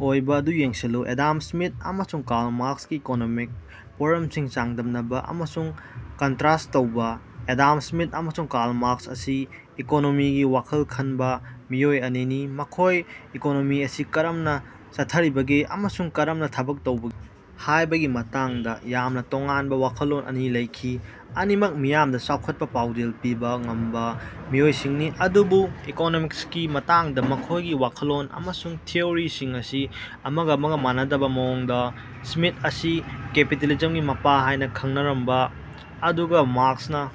ꯑꯣꯏꯕ ꯑꯗꯨꯌꯦꯡꯁꯤꯜꯂꯨ꯫ Adam Smith ꯑꯃꯁꯨꯡ ꯀꯥꯔꯜ ꯃꯥꯔꯛꯁꯀꯤ ꯏꯀꯣꯅꯣꯃꯤꯛ ꯄꯣꯔꯝꯁꯤꯡ ꯆꯥꯡꯗꯝꯅꯕ ꯑꯃꯁꯨꯡ ꯀꯟꯇꯔꯦꯁ ꯇꯧꯕ꯫ ꯑꯦꯗꯝ ꯁ꯭ꯃꯤꯊ ꯑꯃꯁꯨꯡ ꯀꯥꯔꯜ ꯃꯥꯔꯛꯁ ꯑꯁꯤ ꯏꯀꯣꯅꯣꯃꯤꯒꯤ ꯋꯥꯈꯜ ꯈꯟꯕ ꯃꯤꯑꯣꯏ ꯑꯅꯤꯅꯤ, ꯃꯈꯣꯏꯒꯤ ꯏꯀꯣꯅꯣꯃꯤ ꯑꯁꯤ ꯀꯔꯝꯅ ꯆꯠꯊꯔꯤꯕꯒꯦ ꯑꯃꯁꯨꯡ ꯀꯔꯝꯅ ꯊꯕꯛ ꯇꯧꯕꯒꯦ ꯍꯥꯏꯕꯒꯤ ꯃꯇꯥꯡꯗ ꯌꯥꯝꯅ ꯇꯣꯉꯥꯟꯕ ꯋꯥꯈꯜꯂꯣꯟ ꯑꯅꯤ ꯂꯩꯈꯤ꯫ ꯑꯅꯤꯃꯛ ꯃꯤꯌꯥꯝꯗ ꯆꯥꯎꯈꯠꯄ ꯄꯥꯎꯖꯦꯜ ꯄꯤꯕ ꯉꯝꯕ ꯃꯤꯑꯣꯏꯁꯤꯡꯅꯤ, ꯑꯗꯨꯕꯨ ꯏꯀꯣꯅꯣꯃꯤꯛꯁꯀꯤ ꯃꯇꯥꯡꯗ ꯃꯈꯣꯏꯒꯤ ꯋꯥꯈꯜꯂꯣꯟ ꯑꯃꯁꯨꯡ ꯊꯤꯑꯣꯔꯤꯁꯤꯡ ꯑꯁꯤ ꯑꯃꯒ-ꯑꯃꯒ ꯃꯥꯟꯅꯗꯕ ꯃꯑꯣꯡꯗ, ꯁ꯭ꯃꯤꯊ ꯑꯁꯤ ꯀꯦꯄꯤꯇꯦꯂꯤꯖꯝꯒꯤ ꯃꯄꯥ ꯍꯥꯏꯅ ꯈꯪꯅꯔꯝꯕꯥ ꯑꯗꯨꯒꯥ ꯃꯥꯔꯛꯁꯅꯥ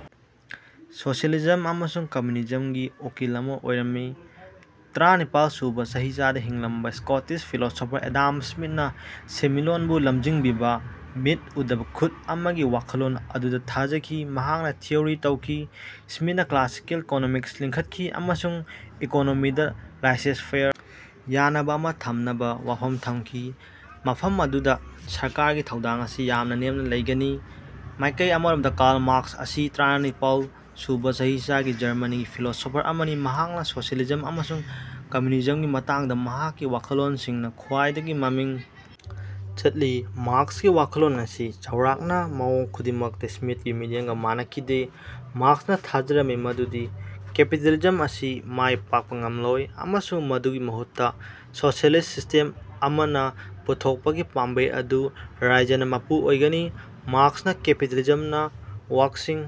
ꯁꯣꯁꯤꯑꯦꯂꯤꯖꯝ ꯑꯃꯁꯨꯡ ꯀꯝꯌꯨꯅꯤꯖꯃꯒꯤ ꯎꯀꯤꯜ ꯑꯃꯥ ꯑꯣꯏꯔꯝꯃꯤ꯫ ꯇꯔꯥꯅꯤꯄꯥꯜ ꯁꯨꯕꯥ ꯆꯍꯤꯆꯥꯗꯥ ꯍꯤꯡꯂꯝꯕꯥ ꯁ꯭ꯀꯣꯇꯤꯁ ꯐꯤꯂꯣꯁꯣꯐꯔ ꯑꯦꯗꯝ ꯁ꯭ꯃꯤꯊꯅ ꯁꯦꯟꯃꯤꯠꯂꯣꯟꯕꯨ ꯂꯝꯖꯤꯡꯕꯤꯕ "ꯃꯤꯠ ꯎꯗꯕ ꯈꯨꯠ" ꯑꯃꯒꯤ ꯋꯥꯈꯜꯂꯣꯟ ꯑꯗꯨꯗ ꯊꯥꯖꯈꯤ꯫ ꯃꯍꯥꯛꯅꯥ ꯊꯤꯑꯣꯔꯤ ꯇꯧꯈꯤ꯫ ꯁ꯭ꯃꯤꯠꯅ ꯀ꯭ꯂꯥꯁꯤꯀꯦꯜ ꯏꯀꯣꯅꯣꯃꯤꯛꯁ ꯂꯤꯡꯈꯠꯈꯤ ꯑꯃꯁꯨꯡ ꯏꯀꯣꯅꯣꯃꯤꯗ ꯂꯦꯏꯁ-ꯐꯦꯌꯔ ꯌꯥꯅꯕ ꯑꯃ ꯊꯝꯅꯕ ꯋꯥꯐꯝ ꯊꯝꯈꯤ, ꯃꯐꯝ ꯑꯗꯨꯗ ꯁꯔꯀꯥꯔꯒꯤ ꯊꯧꯗꯥꯡ ꯑꯁꯤ ꯌꯥꯝꯅ ꯅꯦꯝꯅ ꯂꯩꯒꯅꯤ꯫ ꯃꯥꯏꯀꯩ ꯑꯃꯔꯣꯝꯗ ꯀꯥꯔꯜ ꯃꯥꯔꯛꯁ ꯑꯁꯤ ꯇꯔꯥꯃꯥꯄꯜ ꯁꯨꯕ ꯆꯍꯤꯆꯥꯒꯤ ꯖꯔꯃꯅꯤꯒꯤ ꯐꯤꯂꯣꯁꯣꯐꯔ ꯑꯃꯅꯤ, ꯃꯍꯥꯛꯅ ꯁꯣꯁꯤꯑꯦꯂꯤꯖꯝ ꯑꯃꯁꯨꯡ ꯀꯝꯃ꯭ꯌꯨꯅꯤꯖꯝꯒꯤ ꯃꯇꯥꯡꯗ ꯃꯍꯥꯛꯀꯤ ꯋꯥꯈꯜꯂꯣꯟꯁꯤꯡꯅ ꯈ꯭ꯋꯥꯏꯗꯒꯤ ꯃꯃꯤꯡ ꯆꯠꯂꯤ꯫ ꯃꯥꯔꯛꯁꯀꯤ ꯋꯥꯈꯜꯂꯣꯟ ꯑꯁꯤ ꯆꯥꯎꯔꯥꯛꯅ ꯃꯑꯣꯡ ꯈꯨꯗꯤꯡꯃꯛꯇ ꯁ꯭ꯃꯤꯊꯀꯤ ꯃꯤꯠꯌꯦꯡꯒ ꯃꯥꯟꯅꯈꯤꯗꯦ꯫ ꯃꯥꯔꯛꯁꯅ ꯊꯥꯖꯔꯝꯃꯤ ꯃꯗꯨꯗꯤ ꯀꯦꯄꯤꯇꯦꯂꯤꯖꯝ ꯑꯁꯤ ꯃꯥꯏ ꯄꯥꯛꯄ ꯉꯝꯂꯣꯏ ꯑꯃꯁꯨꯡ ꯃꯗꯨꯒꯤ ꯃꯍꯨꯠꯇ ꯁꯣꯁꯤꯑꯦꯂꯤꯁ꯭ꯠ ꯁꯤꯁ꯭ꯇꯦꯝ ꯑꯃꯅ ꯄꯨꯊꯣꯛꯄꯒꯤ ꯄꯥꯝꯕꯩꯁꯤꯡ ꯑꯗꯨ ꯔꯥꯖ꯭ꯌꯅ ꯃꯄꯨ ꯑꯣꯏꯒꯅꯤ꯫ ꯃꯥꯔꯛꯁꯅ ꯀꯦꯄꯤꯇꯦꯂꯤꯖꯝꯅ ꯋꯥꯔꯛ ꯁꯤꯡ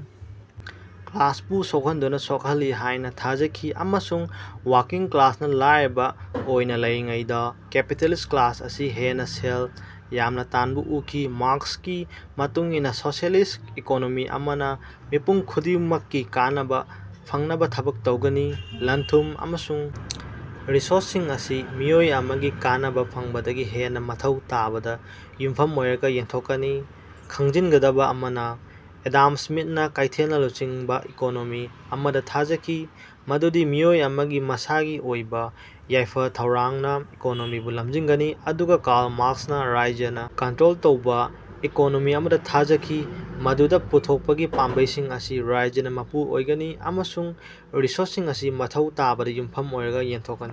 ꯀ꯭ꯂꯥꯁꯄꯨ ꯁꯣꯛꯍꯟꯗꯨꯅ ꯁꯣꯛꯍꯜꯂꯤ ꯍꯥꯏꯅ ꯊꯥꯖꯈꯤ ꯑꯃꯁꯨꯡ ꯋꯥꯛꯀꯤꯡ ꯀ꯭ꯂꯥꯁꯅ ꯂꯥꯏꯔꯕ ꯑꯣꯏꯅ ꯂꯩꯔꯤꯉꯩꯗ ꯀꯦꯄꯤꯇꯦꯂꯤꯁ꯭ꯠ ꯀ꯭ꯂꯥꯁ ꯑꯁꯤ ꯍꯦꯟꯅ ꯁꯦꯜ ꯌꯥꯝꯅ ꯇꯥꯟꯕ ꯎꯈꯤ꯫ ꯃꯥꯔꯛꯁꯀꯤ ꯃꯇꯨꯡ ꯏꯟꯅ ꯁꯣꯁꯤꯑꯦꯂꯤꯁ꯭ꯠ ꯏꯀꯣꯅꯣꯃꯤ ꯑꯃꯅ ꯃꯤꯄꯨꯝ ꯈꯨꯗꯤꯡꯃꯛꯀꯤ ꯀꯥꯟꯅꯕ ꯐꯪꯅꯕ ꯊꯕꯛ ꯇꯧꯒꯅꯤ, ꯂꯟ-ꯊꯨꯝ ꯑꯃꯁꯨꯡ ꯔꯤꯁꯣꯔꯁꯁꯤꯡ ꯑꯁꯤ ꯃꯤꯑꯣꯏ ꯑꯃꯒꯤ ꯀꯥꯟꯅꯕ ꯐꯪꯕꯗꯒꯤ ꯍꯦꯟꯅ ꯃꯊꯧ ꯇꯥꯕꯗ ꯌꯨꯝꯐꯝ ꯑꯣꯏꯔꯒ ꯌꯦꯟꯊꯣꯛꯀꯅꯤ꯫ ꯈꯪꯖꯤꯟꯒꯗꯕ ꯑꯃꯅ, ꯑꯦꯗꯝ ꯁ꯭ꯃꯤꯊꯅ ꯀꯩꯊꯦꯜꯅ ꯂꯨꯆꯤꯡꯕ ꯏꯀꯣꯅꯣꯃꯤ ꯑꯃꯗ ꯊꯥꯖꯈꯤ ꯃꯗꯨꯗꯤ ꯃꯤꯑꯣꯏ ꯑꯃꯒꯤ ꯃꯁꯥꯒꯤ ꯑꯣꯏꯕ ꯌꯥꯏꯐ-ꯊꯧꯔꯥꯡꯅ ꯏꯀꯣꯅꯣꯃꯤꯕꯨ ꯂꯝꯖꯤꯡꯒꯅꯤ, ꯑꯗꯨꯒ ꯀꯥꯔꯜ ꯃꯥꯔꯛꯁꯅ ꯔꯥꯖ꯭ꯌꯅ ꯀꯟꯇ꯭ꯔꯣꯜ ꯇꯧꯕ ꯏꯀꯣꯅꯣꯃꯤ ꯑꯃꯗ ꯊꯥꯖꯈꯤ ꯃꯗꯨꯗ ꯄꯨꯊꯣꯛꯄꯒꯤ ꯄꯥꯝꯕꯩꯁꯤꯡ ꯑꯁꯤ ꯔꯥꯖ꯭ꯌꯅ ꯃꯄꯨ ꯑꯣꯏꯒꯅꯤ, ꯑꯃꯁꯨꯡ ꯔꯤꯁꯣꯔꯁꯁꯤꯡ ꯑꯁꯤ ꯃꯊꯧ ꯇꯥꯕꯗ ꯌꯨꯝꯐꯝ ꯑꯣꯏꯔꯒ ꯌꯦꯟꯊꯣꯛꯀꯅꯤ꯫